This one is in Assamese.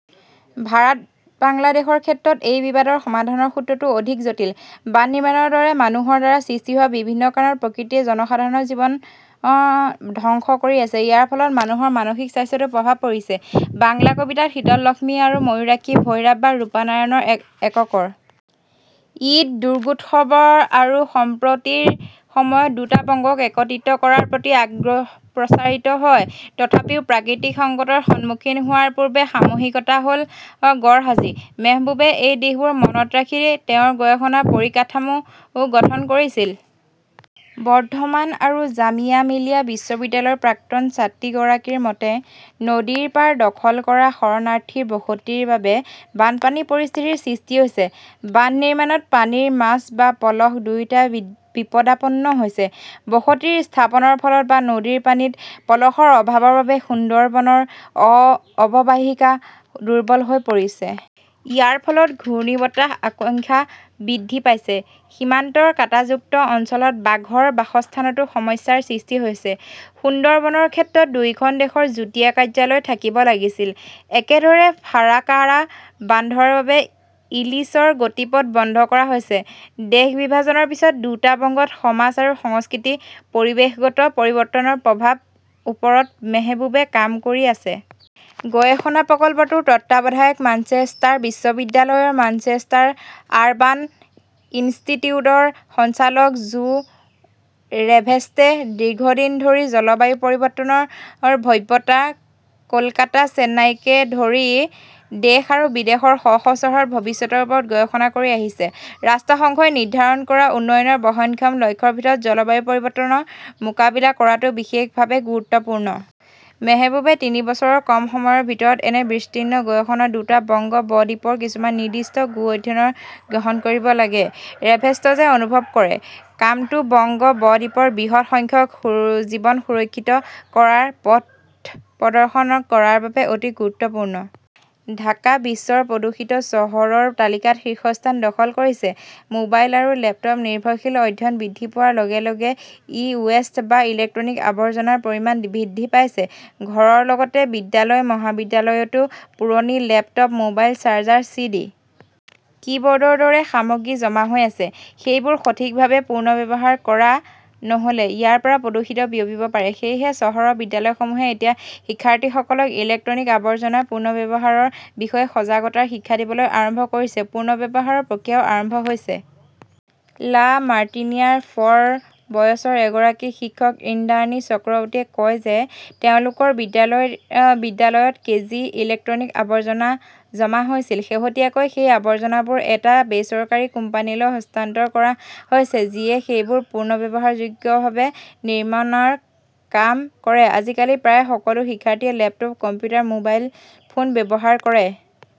ভাৰত, বাংলাদেশৰ ক্ষেত্ৰত এই বিবাদৰ সমাধানৰ সূত্ৰটো অধিক জটিল। বান্ধ নিৰ্মাণৰ দৰে মানুহৰ দ্বাৰা সৃষ্টি হোৱা বিভিন্ন কাৰণত প্ৰকৃতিয়ে জনসাধাৰণৰ জীৱন ধ্বংস কৰি আছে। ইয়াৰ ফলত মানুহৰ মানসিক স্বাস্থ্যতো প্ৰভাৱ পৰিছে। "বাংলা কবিতাত শীতললক্ষ্মী আৰু ময়ূৰাক্ষী, ভৈৰাব বা ৰূপনাৰায়ণ এককৰ। ঈদ, দুৰগোৎসব আৰু সম্পৰ্তীৰ সময়ত দুটা বংগক একত্ৰিত কৰাৰ প্ৰতি আগ্ৰহ প্ৰচাৰিত হয়। তথাপিও, প্ৰাকৃতিক সংকটৰ সন্মুখীন হোৱাৰ পূৰ্বে সামূহিকতা হ "ল গৰহাজী। মেহবুবে এই দিশবোৰ মনত ৰাখি তেওঁৰ গৱেষণাৰ পৰিকাঠামো গঠন কৰিছিল। বৰ্ধমান আৰু জামিয়া মিলিয়া বিশ্ববিদ্যালয়ৰ প্ৰাক্তন ছাত্ৰীগৰাকীৰ মতে, "নদীৰ পাৰ দখল কৰা শৰণাৰ্থীসকলৰ বসতিৰ বাবে বানপানীৰ পৰিস্থিতিৰ সৃষ্টি হৈছে। বান্ধ নিৰ্মাণত পানীৰ মাছ বা পলস দুয়োটাই বিপদাপন্ন হৈছে। বসতি স্থাপনৰ ফলত বা নদীৰ পানীত পলসৰ অভাৱৰ বাবে সুন্দৰবনৰ অৱবাহিকা দুৰ্বল হৈ পৰিছে। ইয়াৰ ফলত ঘূৰ্ণীবতাহৰ আশংকা বৃদ্ধি পাইছে। সীমান্তৰ কাঁটাযুক্ত অঞ্চলত বাঘৰ বাসস্থানতো সমস্যাৰ সৃষ্টি হৈছে। সুন্দৰবনৰ ক্ষেত্ৰত দুয়োখন দেশৰ যুটীয়া কাৰ্যালয় থাকিব লাগিছিল। "একেদৰে ফাৰাকাৰা বান্ধৰ বাবে ইলিছৰ গতিপথ বন্ধ কৰা হৈছে। দেশ বিভাজনৰ পিছৰ দুটা বংগত সমাজ আৰু সংস্কৃতিত পৰিৱেশগত পৰিৱৰ্তনৰ প্ৰভাৱৰ ওপৰত মেহবুবে কাম কৰি আছে। গৱেষণা প্ৰকল্পটোৰ তত্ত্বাৱধায়ক মাঞ্চেষ্টাৰ বিশ্ববিদ্যালয়ৰ মাঞ্চেষ্টাৰ আৰবান ইনষ্টিটিউটৰ সঞ্চালক জো ৰেভেট্জে দীৰ্ঘদিন ধৰি জলবায়ু পৰিৱৰ্তনৰ ভব্যতাত কলকাতা, চেন্নাইকে ধৰি দেশ আৰু বিদেশৰ শ শ চহৰৰ ভৱিষ্যতৰ ওপৰত গৱেষণা কৰি আহিছে। ৰাষ্ট্ৰসংঘই নিৰ্ধাৰণ কৰা উন্নয়নৰ বহনক্ষম লক্ষ্যৰ ভিতৰত জলবায়ু পৰিৱৰ্তনৰ মোকাবিলা কৰাটো বিশেষভাৱে গুৰুত্বপূৰ্ণ। "মেহবুবে তিনি বছৰৰ কম সময়ৰ ভিতৰত এনে বিস্তৃত গৱেষণাত দুটা বংগ ব-দ্বীপৰ কিছুমান নিৰ্দিষ্ট গোচৰ-অধ্যয়ন গ্ৰহণ কৰিব লাগে", ৰেভেটজে অনুভৱ কৰে। কামটো বংগ ব-দ্বীপৰ বৃহৎ সংখ্যক জীৱন সুৰক্ষিত কৰাৰ পথ প্ৰদৰ্শন কৰাৰ বাবে অতি গুৰুত্বপূৰ্ণ। "। ঢাকা বিশ্বৰ প্ৰদূষিত চহৰৰ তালিকাত শীৰ্ষস্থান দখল কৰিছে মোবাইল আৰু লেপটপ-নিৰ্ভৰশীল অধ্যয়ন বৃদ্ধি পোৱাৰ লগে লগে ই-ৱেষ্ট বা ইলেক্ট্ৰনিক আৱৰ্জনাৰ পৰিমাণ বৃদ্ধি পাইছে। ঘৰৰ লগতে বিদ্যালয়-মহাবিদ্যালয়তো পুৰণি laptop, mobile, charger, C. D., কিবৰ্ডৰ দৰে সামগ্ৰী জমা হৈ আছে। সেইবোৰ সঠিকভাৱে পুনৰ্ব্যৱহাৰ কৰা নহ "লে ইয়াৰ পৰা প্ৰদূষণ বিয়পিব পাৰে। সেয়েহে চহৰৰ বিদ্যালয়সমূহে এতিয়া শিক্ষাৰ্থীসকলক ইলেক্ট্ৰনিক আৱৰ্জনাৰ পুনৰ্ব্যৱহাৰৰ বিষয়ে সজাগতাৰ শিক্ষা দিবলৈ আৰম্ভ কৰিছে। পুনৰ্ব্যৱহাৰৰ প্ৰক্ৰিয়াও আৰম্ভ হৈছে। লা মাৰ্টিনিয়াৰ ফৰ বয়ছৰ এগৰাকী শিক্ষক ইন্দ্ৰাণী চক্ৰৱৰ্তীয়ে কয় যে তেওঁলোকৰ বিদ্যালয়ত কেজি ইলেক্ট্ৰনিক আৱৰ্জনা জমা হৈছিল। শেহতীয়াকৈ সেই আৱৰ্জনাবোৰ এটা বেচৰকাৰী কোম্পানীলৈ হস্তান্তৰ কৰা হৈছে যিয়ে সেইবোৰ পুনৰ্ব্যৱহাৰযোগ্যভাৱে নিৰ্মাণৰ কাম কৰে। "আজিকালি প্ৰায় সকলো শিক্ষাৰ্থীয়ে লেপটপ, কম্পিউটাৰ, মোবাইল ফোন ব্যৱহাৰ কৰে",